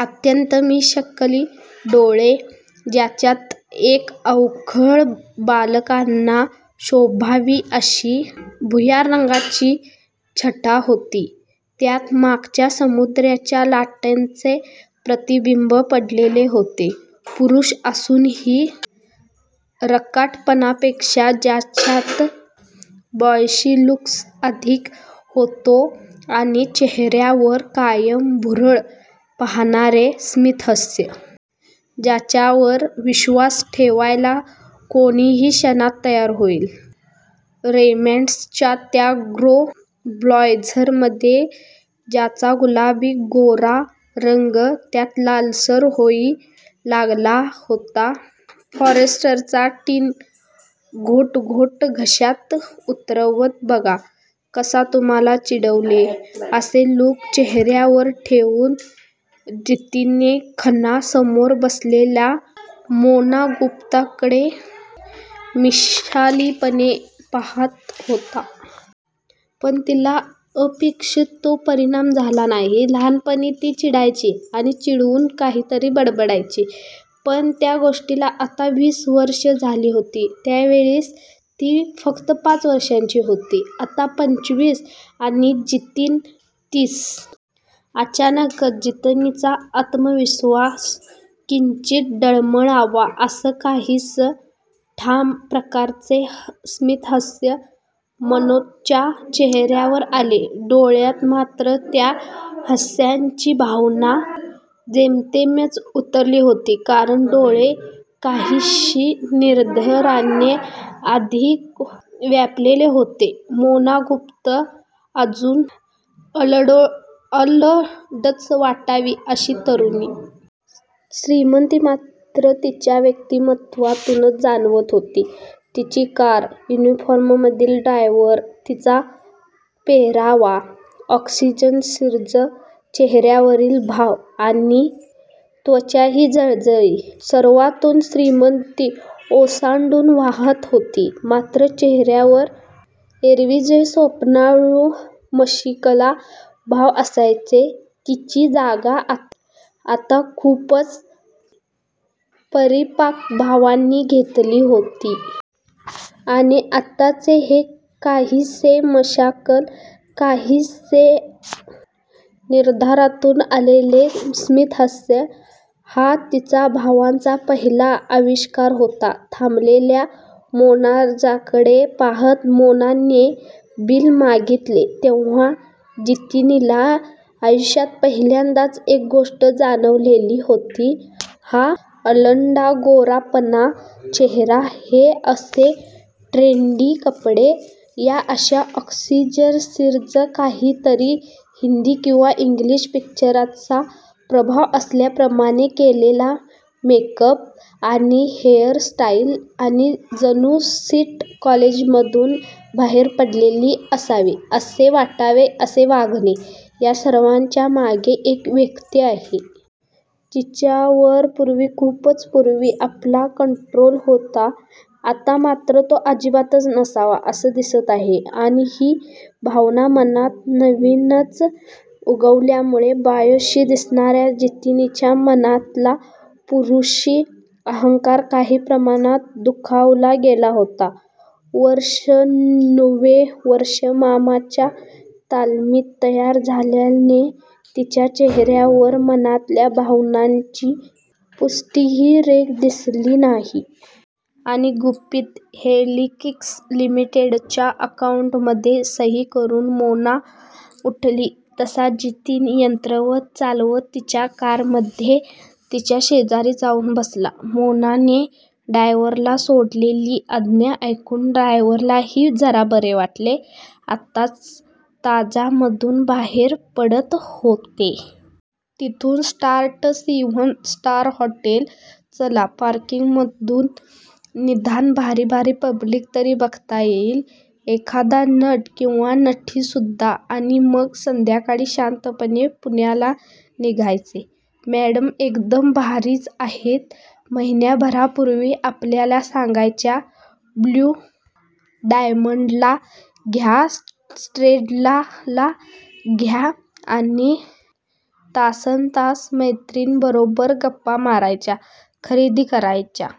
अत्यंत मिश्कील डोळे, ज्यांच्यात एक अवखळ, बालकांना शोभावी अशी भुर्या रंगाची छटा होती, त्यांत मागच्या समुद्राच्या लाटांचे प्रतिबिंब पडलेले होते. पुरूष असूनही राकटपणापेक्षा त्याच्यात बॉयीश लूक्स अधिक होते. आणि चेहर्यावर कायम भुरळ पाडणारे स्मितहास्य! ज्यावर विश्वास ठेवायला कुणीही क्षणात तयार होईल! रेमंड्सच्या त्या ग्रे ब्लेझरमध्ये त्याचा गुलाबी गोरा रंग आता लालसर होऊ लागला होता. फॉस्टरचा टिन घोट घोट घशात उतरवत 'बघ कसे तुला चिडवले' असा लूक चेहर्यावर ठेवून जतीन खन्ना समोर बसलेल्या मोना गुप्ताकडे मिश्कीलपणे पाहात होता. पण त्याला अपेक्षित तो परिणाम झाला नाही. लहानपणी ती चिडायची आणि चिडून काहीतरी बडबडायची. पण त्या गोष्टीला आता वीस वर्षे झाली होती. त्यावेळेस ती फक्त पाच वर्षांची होती. आता पंचवीस! आणि जतीन तीस! अचानकच, जतीनचा आत्मविश्वास किंचित डळमळावा असं काहीसं ठाम प्रकारचं स्मितहास्य मोनाच्या चेहर्यावर आलं! डोळ्यात मात्र त्या हास्याची भावना जेमतेमच उतरली होती. कारण डोळे काहीश्या निर्धाराने अधिक व्यापलेले होते. मोना गुप्ता! अजून अल्लडच वाटावी अशी तरुणी! श्रीमंती मात्र तिच्या व्यक्तीमत्वातूनच जाणवत होती. तिची कार, युनिफॉर्ममधला ड्रायव्हर, तिचा पेहेराव, अॅक्सेसरीज, चेहर्यावरील भाव आणि त्वचेही झळाळी! सर्वातून श्रीमंती ओसंडून वाहात होती. मात्र चेहर्यावर एरवी जे स्वप्नाळू, मिश्कील भाव असायचे त्यांची जागा आता खूपच परिपक्व भावांनी घेतलेली होती. आणि आत्ताचे हे काहीसे मिश्कील, काहीसे निर्धारातून आलेले स्मितहास्य हा त्याच भावांचा पहिला आविष्कार होता. थांबलेल्या मॅनेजरकडे पाहात मोनाने बिल मागीतले तेव्हा जतीनला आयुष्यात पहिल्यांदाच एक गोष्ट जाणवलेली होती. हा अल्लड गोरापान चेहरा, हे असे ट्रेंडी कपडे, या अशा अॅक्सेसरीज, कोणत्यातरी हिंदी किंवा इंग्लीश पिक्चरचा प्रभाव असल्याप्रमाणे केलेला मेक अप आणि हेअर स्टाईल आणि जणू जस्ट कॉलेजमधून बाहेर पडली असावे असे वाटावे असे वागणे या सर्वाच्या मागे एक व्यक्ती आहे. जिच्यावर पुर्वी, खूपच पुर्वी आपला कंट्रोल होता आता मात्र तो अजिबातच नसावा असे दिसत आहे. आणि ही भावना मनात नव्यानेच उगवल्यामुळे बॉयीश दिसणार्या जतीनच्या मनातला पुरुषी अहंकार काही प्रमाणात दुखावला गेला होता. वर्षानुवर्षे मामांच्या तालमीत तयार झाल्याने त्याच्या चेहर्यावर मनातल्या भावनांची पुसटही रेघ दिसली नाही. आणि गुप्ता हेलिक्स लिमिटेडच्या अकाउंटमध्ये सही करून मोना उठली तसा जतीन यंत्रवत चालत तिच्या कारमध्ये तिच्या शेजारी जाऊन बसला. मोनाने ड्रायव्हरला सोडलेली आज्ञा ऐकून ड्रायव्हरलाही जरा बरे वाटले. आत्ताच ताजमधून बाहेर पडत होते. इथून स्ट्रेट सेव्हन स्टार हॉटेल! चला! पार्किंगमधून निदान भारी भारी पब्लिक तरी बघता येईल. एखादा नट किंवा नटीसुद्धा! आणि मग संध्याकाळी शांतपणे पुण्याला निघायचं! मॅडम एकदम भारीच आहेत. महिन्याभरापुर्वी आपल्याला सांगायच्या ब्ल्यू डायमंडला घे, सेंट्रलला घे! आणि तासनतास मैत्रिणींबरोबर गप्पा मारायच्या, खरेदी करायच्या--